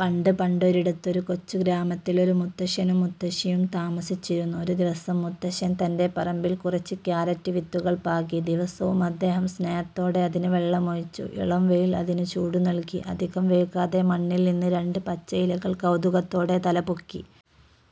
പണ്ട് പണ്ടൊരിടത്ത്, ഒരു കൊച്ചു ഗ്രാമത്തിൽ ഒരു മുത്തശ്ശനും മുത്തശ്ശിയും താമസിച്ചിരുന്നു. ഒരുദിവസം, മുത്തശ്ശൻ തന്റെ പറമ്പിൽ കുറച്ചു കാരറ്റ് വിത്തുകൾ പാകി. ദിവസവും അദ്ദേഹം സ്നേഹത്തോടെ അതിന് വെള്ളമൊഴിച്ചു. ഇളം വെയിൽ അതിന് ചൂടുനൽകി. അധികം വൈകാതെ, മണ്ണിൽ നിന്ന് രണ്ട് പച്ച ഇലകൾ കൗതുകത്തോടെ തലപൊക്കി.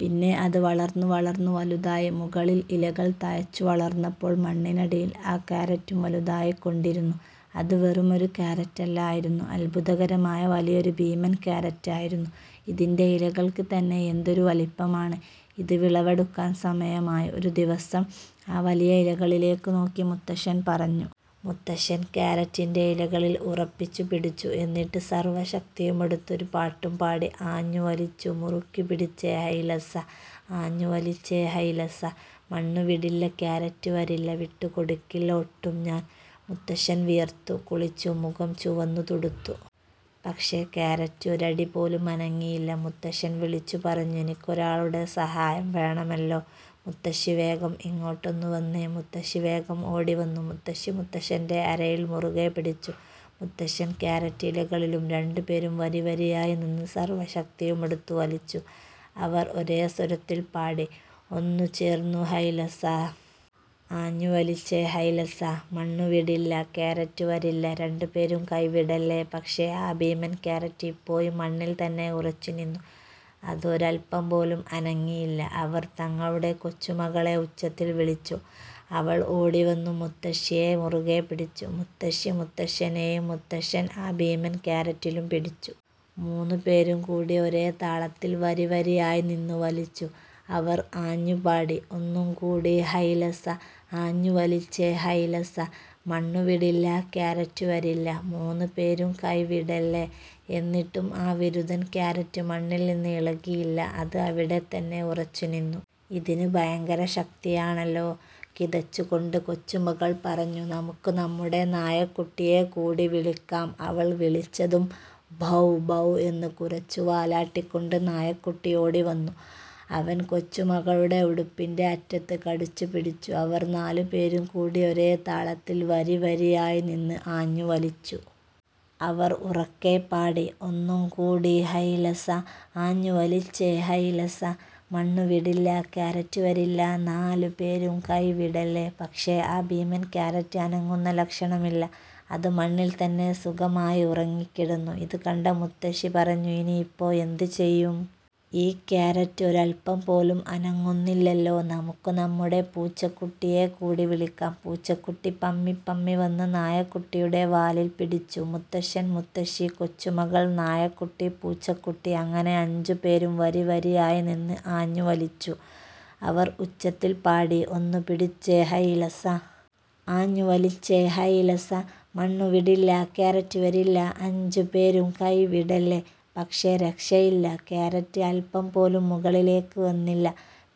പിന്നെ അത് വളർന്നു… വളർന്നു… വലുതായി! മുകളിൽ ഇലകൾ തഴച്ചു വളർന്നപ്പോൾ, മണ്ണിനടിയിൽ ആ കാരറ്റും വലുതായിക്കൊണ്ടിരുന്നു. അത് വെറുമൊരു കാരറ്റല്ലായിരുന്നു, അത്ഭുതകരമായ വലിയൊരു ഭീമൻ കാരറ്റായിരുന്നു! "ഇതിന്റെ ഇലകൾക്ക് തന്നെ എന്തൊരു വലിപ്പമാണ്! ഇത് വിളവെടുക്കാൻ സമയമായി. " ഒരു ദിവസം ആ വലിയ ഇലകളിലേക്ക് നോക്കി മുത്തശ്ശൻ പറഞ്ഞു. മുത്തശ്ശൻ കാരറ്റിന്റെ ഇലകളിൽ ഉറപ്പിച്ചു പിടിച്ചു. എന്നിട്ട് സർവ്വ ശക്തിയുമെടുത്ത് ഒരു പാട്ടും പാടി ആഞ്ഞു വലിച്ചു. മുറുക്കി പിടിച്ചേ… ഹൈലേസാ! ആഞ്ഞു വലിച്ചേ… ഹൈലേസാ! മണ്ണു വിടില്ല, കാരറ്റ് വരില്ല, വിട്ടു കൊടുക്കില്ല ഒട്ടും ഞാൻ! മുത്തശ്ശൻ വിയർത്തു കുളിച്ചു, മുഖം ചുവന്നു തുടുത്തു. പക്ഷേ കാരറ്റ് ഒരടി പോലും അനങ്ങിയില്ല! മുത്തശ്ശൻ വിളിച്ചു പറഞ്ഞു, "എനിക്കൊരാളുടെ സഹായം വേണമല്ലോ! മുത്തശ്ശീ… വേഗം ഇങ്ങോട്ടൊന്നു വന്നേ! " മുത്തശ്ശി വേഗം ഓടിവന്നു. മുത്തശ്ശി മുത്തശ്ശന്റെ അരയിൽ മുറുകെപ്പിടിച്ചു, മുത്തശ്ശൻ കാരറ്റ് ഇലകളിലും. രണ്ടുപേരും വരിവരിയായി നിന്ന് സർവ്വ ശക്തിയുമെടുത്ത് വലിച്ചു. അവർ ഒരേ സ്വരത്തിൽ പാടി: ഒന്നു ചേർന്നു… ഹൈലേസാ! ആഞ്ഞു വലിച്ചേ… ഹൈലേസാ! മണ്ണു വിടില്ല, കാരറ്റ് വരില്ല, രണ്ടുപേരും കൈ വിടല്ലേ! " പക്ഷേ, ആ ഭീമൻ കാരറ്റ് ഇപ്പോഴും മണ്ണിൽ തന്നെ ഉറച്ചുനിന്നു. അത് ഒരല്പം പോലും അനങ്ങിയില്ല. അവർ തങ്ങളുടെ കൊച്ചുമകളെ ഉച്ചത്തിൽ വിളിച്ചു. അവൾ ഓടിവന്നു മുത്തശ്ശിയെ മുറുകെപ്പിടിച്ചു. മുത്തശ്ശി മുത്തശ്ശനെയും, മുത്തശ്ശൻ ആ ഭീമൻ കാരറ്റിലും പിടിച്ചു. മൂന്നുപേരും കൂടി ഒരേ താളത്തിൽ വരിവരിയായി നിന്ന് വലിച്ചു! അവർ ആഞ്ഞു പാടി: ഒന്നുകൂടി… ഹൈലേസാ! ആഞ്ഞു വലിച്ചേ… ഹൈലേസാ! മണ്ണു വിടില്ല, കാരറ്റ് വരില്ല, മൂന്നുപേരും കൈ വിടല്ലേ! " എന്നിട്ടും ആ വിരുതൻ കാരറ്റ് മണ്ണിൽ നിന്ന് ഇളകിയില്ല. അത് അവിടെ തന്നെ ഉറച്ചുനിന്നു. "ഇതിന് ഭയങ്കര ശക്തിയാണല്ലോ! " കിതച്ചുകൊണ്ട് കൊച്ചുമകൾ പറഞ്ഞു. "നമുക്ക് നമ്മുടെ നായക്കുട്ടിയെ കൂടി വിളിക്കാം. " അവൾ വിളിച്ചതും, "ഭൗ ഭൗ" എന്ന് കുരച്ച് വാലാട്ടിക്കൊണ്ട് നായക്കുട്ടി ഓടിവന്നു. അവൻ കൊച്ചുമകളുടെ ഉടുപ്പിന്റെ അറ്റത്ത് കടിച്ചുപിടിച്ചു. അവർ നാലുപേരും കൂടി ഒരേ താളത്തിൽ വരിവരിയായി നിന്ന് ആഞ്ഞു വലിച്ചു. അവർ ഉറക്കെ പാടി: ഒന്നുകൂടി… ഹൈലേസാ! ആഞ്ഞു വലിച്ചേ… ഹൈലേസാ! മണ്ണു വിടില്ല, കാരറ്റ് വരില്ല, നാലുപേരും കൈ വിടല്ലേ! " പക്ഷേ, ആ ഭീമൻ കാരറ്റ് അനങ്ങുന്ന ലക്ഷണമില്ല! അത് മണ്ണിൽ തന്നെ സുഖമായി ഉറങ്ങിക്കിടന്നു. ഇതുകണ്ട മുത്തശ്ശി പറഞ്ഞു "ഇനിയിപ്പോ എന്ത് ചെയ്യും? ഈ കാരറ്റ് ഒരല്പം പോലും അനങ്ങുന്നില്ലല്ലോ! നമുക്ക് നമ്മുടെ പൂച്ചക്കുട്ടിയെ കൂടി വിളിക്കാം. " പൂച്ചക്കുട്ടി പമ്മിപ്പമ്മി വന്ന് നായക്കുട്ടിയുടെ വാലിൽ പിടിച്ചു. മുത്തശ്ശൻ, മുത്തശ്ശി, കൊച്ചുമകൾ, നായക്കുട്ടി, പൂച്ചക്കുട്ടി അങ്ങനെ അഞ്ചുപേരും വരിവരിയായി നിന്ന് ആഞ്ഞു വലിച്ചു. അവർ ഉച്ചത്തിൽ പാടി ഒന്ന് പിടിച്ചേ… ഹൈലേസാ! ആഞ്ഞു വലിച്ചേ… ഹൈലേസാ! മണ്ണു വിടില്ല, കാരറ്റ് വരില്ല, അഞ്ചുപേരും കൈ വിടല്ലേ! " പക്ഷേ രക്ഷയില്ല! കാരറ്റ് അല്പം പോലും മുകളിലേക്ക് വന്നില്ല.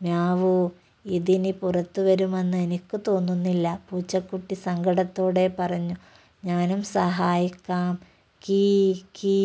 "മ്യാവൂ… ഇതിനി പുറത്തുവരുമെന്ന് എനിക്ക് തോന്നുന്നില്ല," പൂച്ചക്കുട്ടി സങ്കടത്തോടെ പറഞ്ഞു ഞാനും സഹായിക്കാം! കീ… കീ…!